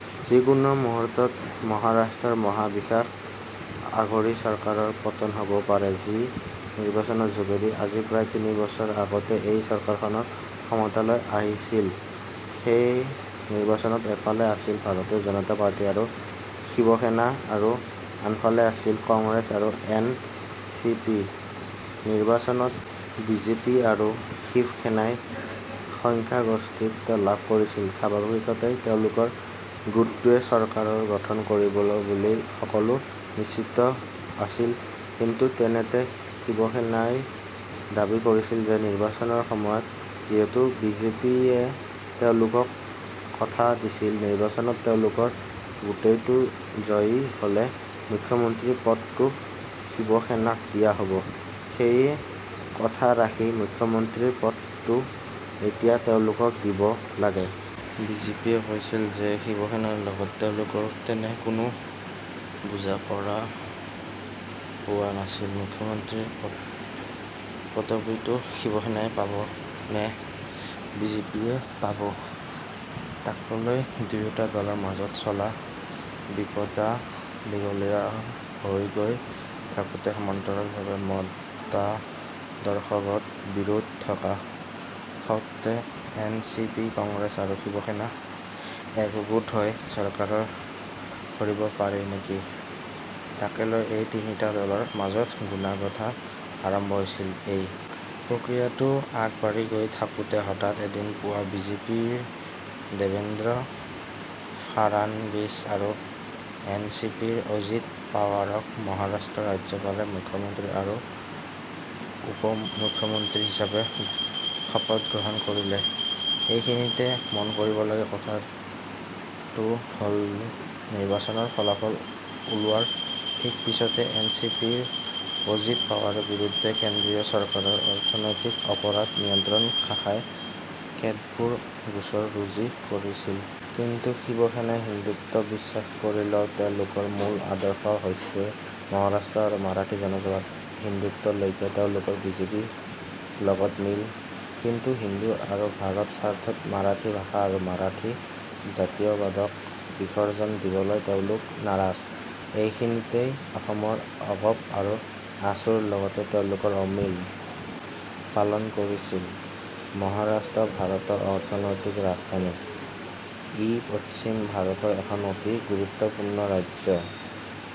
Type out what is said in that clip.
যি কোনো মুহূৰ্ততে মহাৰাষ্ট্ৰৰ মহা বিকাশ আঘাৰী চৰকাৰৰ পতন হ'ব পাৰে। যি নিৰ্বাচনৰ যোগেদি আজি প্ৰায় তিনি বছৰ আগতে এই চৰকাৰখন ক্ষমতালৈ আহিছিল, সেই নিৰ্বাচনত এফালে আছিল ভাৰতীয় জনতা পাৰ্টি আৰু শিৱসেনা আৰু আনফালে আছিল কংগ্ৰেছ আৰু এন চি পি। নিৰ্বাচনত বি জে পি আৰু শিৱসেনাই সংখ্যাগৰিষ্ঠতা লাভ কৰিছিল। স্বাভাৱিকতে তেওঁলোকৰ গোটটোৱে চৰকাৰ গঠন কৰিব বুলি সকলো নিশ্চিত আছিল, কিন্তু তেনেতে শিৱসেনাই দাবী কৰিছিল যে নিৰ্বাচনৰ সময়ত যিহেতু বি জে পিয়ে তেওঁলোকক কথা দিছিল নিৰ্বাচনত তেওঁলোকৰ গোটেটো জয়ী হলে মুখ্যমন্ত্ৰীৰ পদটো শিৱসেনাক দিয়া হব, সেই কথা ৰাখি মুখ্যমন্ত্ৰীৰ পদটো এতিয়া তেওঁলোকক দিব লাগে। বি জে পিয়ে কৈছিল যে শিৱসেনাৰ লগত তেওঁলোকৰ তেনে কোনো বুজাপৰা হোৱা নাছিল। মুখ্যমন্ত্ৰীৰ পদবীটো শিৱসেনাই পাব নে বিজেপিয়ে পাব, তাকলৈ দুয়োটা দলৰ মাজত চলা বিপদা দীঘলীয়াহৈ গৈ থাকোতে সমান্তৰালভাৱে মতাদৰ্শগত বিৰোধ থকা সত্বে এন চি পি, কংগ্ৰেছ আৰু শিৱসেনা একগোট হৈ চৰকাৰৰ কৰিব পাৰি নেকি, তাকেলৈ এই তিনিটা দলৰ মাজত গুণাগঁথা আৰম্ভ হৈছিল। এই প্ৰক্ৰিয়াটো আগবাঢ়ি গৈ থাকোতে হঠাৎ এদিন পুৱা বি জে পিৰ দেবেন্দ্ৰ ফাড়ানবিছ আৰু এন চি পিৰ অজিত পাৱাৰক মহাৰাষ্ট্ৰৰ ৰাজ্যপালে মুখ্যমন্ত্ৰী আৰু উপমুখ্যমন্ত্ৰী হিচাপে শপত গ্ৰহণ কৰিলে। এইখিনিতে মনকৰিবলগীয়া কথাটো হ'ল নিৰ্বাচনৰ ফলাফল ওলোৱাৰ ঠিক পিছতে এন চি পিৰ অজিত পাৱাৰ বিৰুদ্ধে কেন্দ্ৰীয় চৰকাৰৰ অৰ্থনৈতিক অপৰাধ নিয়ন্ত্ৰণ শাখাই কেতবোৰ গোচৰ ৰুজি কৰিছিল। কিন্তু শিৱসেনাই হিন্দুত্ব বিশ্বাস কৰিলেও তেওঁলোকৰ মূল আদৰ্শ হৈছে মহাৰাষ্ট্ৰ আৰু মাৰাঠী জনবাদ। হিন্দুত্বলৈ তেওঁলোকৰ বি জে পিৰ লগত মিল, কিন্তু হিন্দী আৰু ভাৰতৰ স্বাৰ্থত মাৰাঠী ভাষা আৰু মাৰাঠী জাতীয়বাদক বিসৰ্জন দিবলৈ তেওঁলোক নাৰাজ। এইখিনিতে অসমৰ অগপ আৰু আছুৰ লগতে তেওঁলোকৰ অমিল। পালন কৰিছিল। মহাৰাষ্ট্ৰ ভাৰতৰ অৰ্থনৈতিক ৰাজধানী। ই পশ্চিম ভাৰতৰ এখন অতি গুৰুত্বপূৰ্ণ ৰাজ্য।